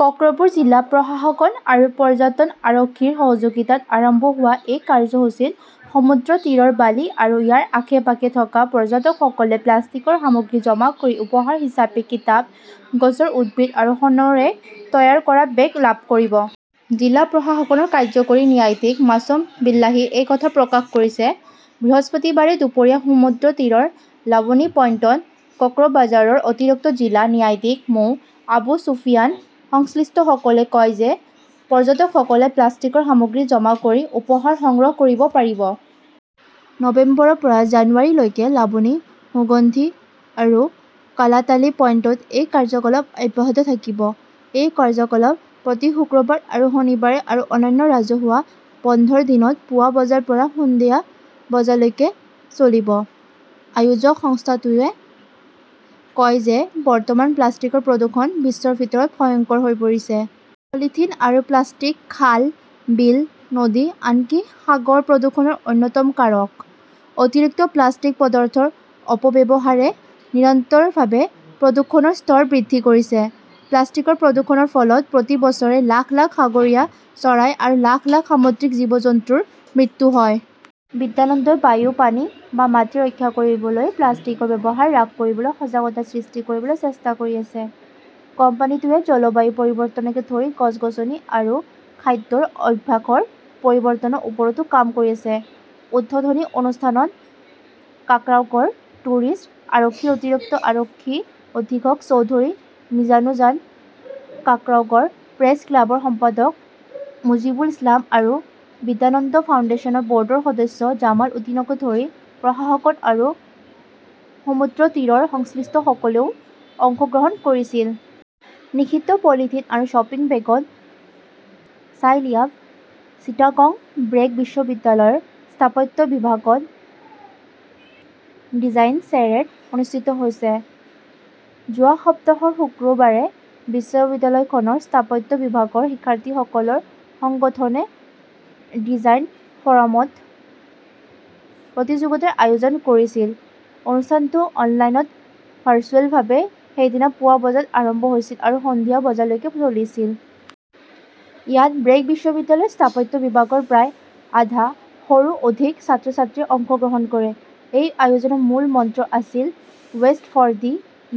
কক্সপুৰ জিলা প্ৰশাসন আৰু পৰ্যটন আৰক্ষীৰ সহযোগিতাত আৰম্ভ হোৱা এই কাৰ্যসূচীত সমুদ্ৰতীৰৰ বালি আৰু ইয়াৰ আশে-পাশে থকা পৰ্যটকসকলে প্লাষ্টিকৰ সামগ্ৰী জমা কৰি উপহাৰ হিচাপে কিতাপ, গছৰ উদ্ভিদ আৰু শণৰে তৈয়াৰ কৰা বেগ লাভ কৰিব। জিলা প্ৰশাসনৰ কাৰ্য্যকৰী ন্যায়াধীশ মাছুম বিল্লাহে এই কথা প্ৰকাশ কৰিছে। বৃহস্পতিবাৰে দুপৰীয়া সমুদ্ৰতীৰৰ লাবনী পইণ্টত কক্সবাজাৰৰ অতিৰিক্ত জিলা ন্যায়াধীশ মো. আবু চুফিয়ান। সংশ্লিষ্টসকলে কয় যে, পৰ্যটকসকলে প্লাষ্টিকৰ সামগ্ৰী জমা কৰি উপহাৰ সংগ্ৰহ কৰিব পাৰিব। নৱেম্বৰৰ পৰা জানুৱাৰী লৈকে লাবনী, সুগন্ধি আৰু কালাতালী পইণ্টত এই কাৰ্যকলাপ অব্যাহত থাকিব। এই কাৰ্যকলাপ প্ৰতি শুক্ৰবাৰ আৰু শনিবাৰে আৰু অন্যান্য ৰাজহুৱা বন্ধৰ দিনত পুৱা বজাৰ পৰা সন্ধিয়া বজালৈকে চলিব। আয়োজক সংস্থাটোৱে কয় যে, বৰ্তমান প্লাষ্টিকৰ প্ৰদূষণ বিশ্বৰ ভিতৰত ভয়ংকৰ হৈ পৰিছে। পলিথিন আৰু প্লাষ্টিক খাল, বিল, নদী, আনকি সাগৰ প্ৰদূষণৰ অন্যতম কাৰক। অতিৰিক্ত প্লাষ্টিক পদাৰ্থৰ অপব্যৱহাৰে নিৰন্তৰভাৱে প্ৰদূষণৰ স্তৰ বৃদ্ধি কৰিছে। প্লাষ্টিকৰ প্ৰদূষণৰ ফলত প্ৰতি বছৰে লাখ লাখ সাগৰীয় চৰাই আৰু লাখ লাখ সামুদ্ৰিক জীৱ-জন্তুৰ মৃত্যু হয়। বিদ্যানন্দই বায়ু, পানী বা মাটি ৰক্ষা কৰিবলৈ প্লাষ্টিকৰ ব্যৱহাৰ হ্ৰাস কৰিবলৈ সজাগতা সৃষ্টি কৰিবলৈ চেষ্টা কৰি আছে। কোম্পানীটোৱে জলবায়ু পৰিৱৰ্তনকে ধৰি গছ-গছনি আৰু খাদ্যৰ অভ্যাসৰ পৰিৱৰ্তনৰ ওপৰতো কাম কৰি আছে। উদ্বোধনী অনুষ্ঠানত কাক্সাগৰ টুৰিষ্ট আৰক্ষীৰ অতিৰিক্ত আৰক্ষী অধীক্ষক চৌধুৰী মিজানুজান, কাক্সাগৰ প্ৰেছ ক্লাবৰ সম্পাদক মুজীবুল ইছলাম আৰু বিদ্যানন্দ ফাউণ্ডেশ্যনৰ ব'ৰ্ডৰ সদস্য জামাল উদ্দীনকে ধৰি প্ৰশাসন আৰু সমুদ্ৰতীৰৰ সংশ্লিষ্টসকলেও অংশগ্ৰহণ কৰিছিল। নিষিদ্ধ পলিথিন আৰু শ্বপিং বেগত ছাইল্যাব চিটাগং ব্ৰেক বিশ্ববিদ্যালয়ৰ স্থাপত্য বিভাগত 'ডিজাইন শ্বেৰেট' অনুষ্ঠিত হৈছে। যোৱা সপ্তাহৰ শুক্ৰবাৰে বিশ্ববিদ্যালয়খনৰ স্থাপত্য বিভাগৰ শিক্ষাৰ্থীসকলৰ সংগঠনে 'ডিজাইন ফ'ৰাম'ত প্ৰতিযোগিতাৰ আয়োজন কৰিছিল। অনুষ্ঠানটো অনলাইনত ভাৰ্চুৱেলভাৱে সেইদিনা পুৱা বজাত আৰম্ভ হৈছিল আৰু সন্ধিয়া বজালৈকে চলিছিল। ইয়াত ব্ৰেক বিশ্ববিদ্যালয়ৰ স্থাপত্য বিভাগৰ প্ৰায় আধা শৰো অধিক ছাত্ৰ-ছাত্ৰীয়ে অংশগ্ৰহণ কৰে। এই আয়োজনৰ মূলমন্ত্ৰ আছিল 'ৱেষ্ট ফৰ দ্য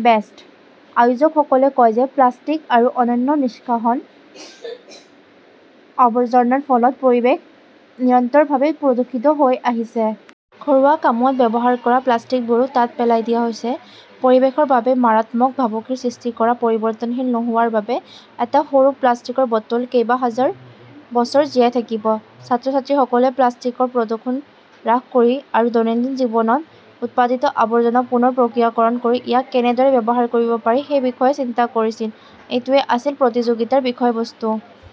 বেষ্ট'। আয়োজকসকলে কয় যে প্লাষ্টিক আৰু অন্যান্য নিষ্কাশন আৱৰ্জনাৰ ফলত পৰিৱেশ নিৰন্তৰভাৱে প্ৰদূষিত হৈ আহিছে। ঘৰুৱা কামত ব্যৱহাৰ কৰা প্লাষ্টিকবোৰো তাত পেলাই দিয়া হৈছে। পৰিৱেশৰ বাবে মাৰাত্মক ভাবুকিৰ সৃষ্টি কৰা পৰিৱৰ্তনশীল নোহোৱাৰ বাবে এটা সৰু প্লাষ্টিকৰ বটল কেইবাহাজাৰ বছৰ জীয়াই থাকিব। ছাত্ৰ-ছাত্ৰীসকলে প্লাষ্টিকৰ প্ৰদূষণ হ্ৰাস কৰি আৰু দৈনন্দিন জীৱনত উৎপাদিত আৱৰ্জনা পুনৰ প্ৰক্ৰিয়াকৰণ কৰি ইয়াক কেনেদৰে ব্যৱহাৰ কৰিব পাৰি সেই বিষয়ে চিন্তা কৰিছিল। এইটোৱেই আছিল প্ৰতিযোগিতাৰ বিষয়বস্তু।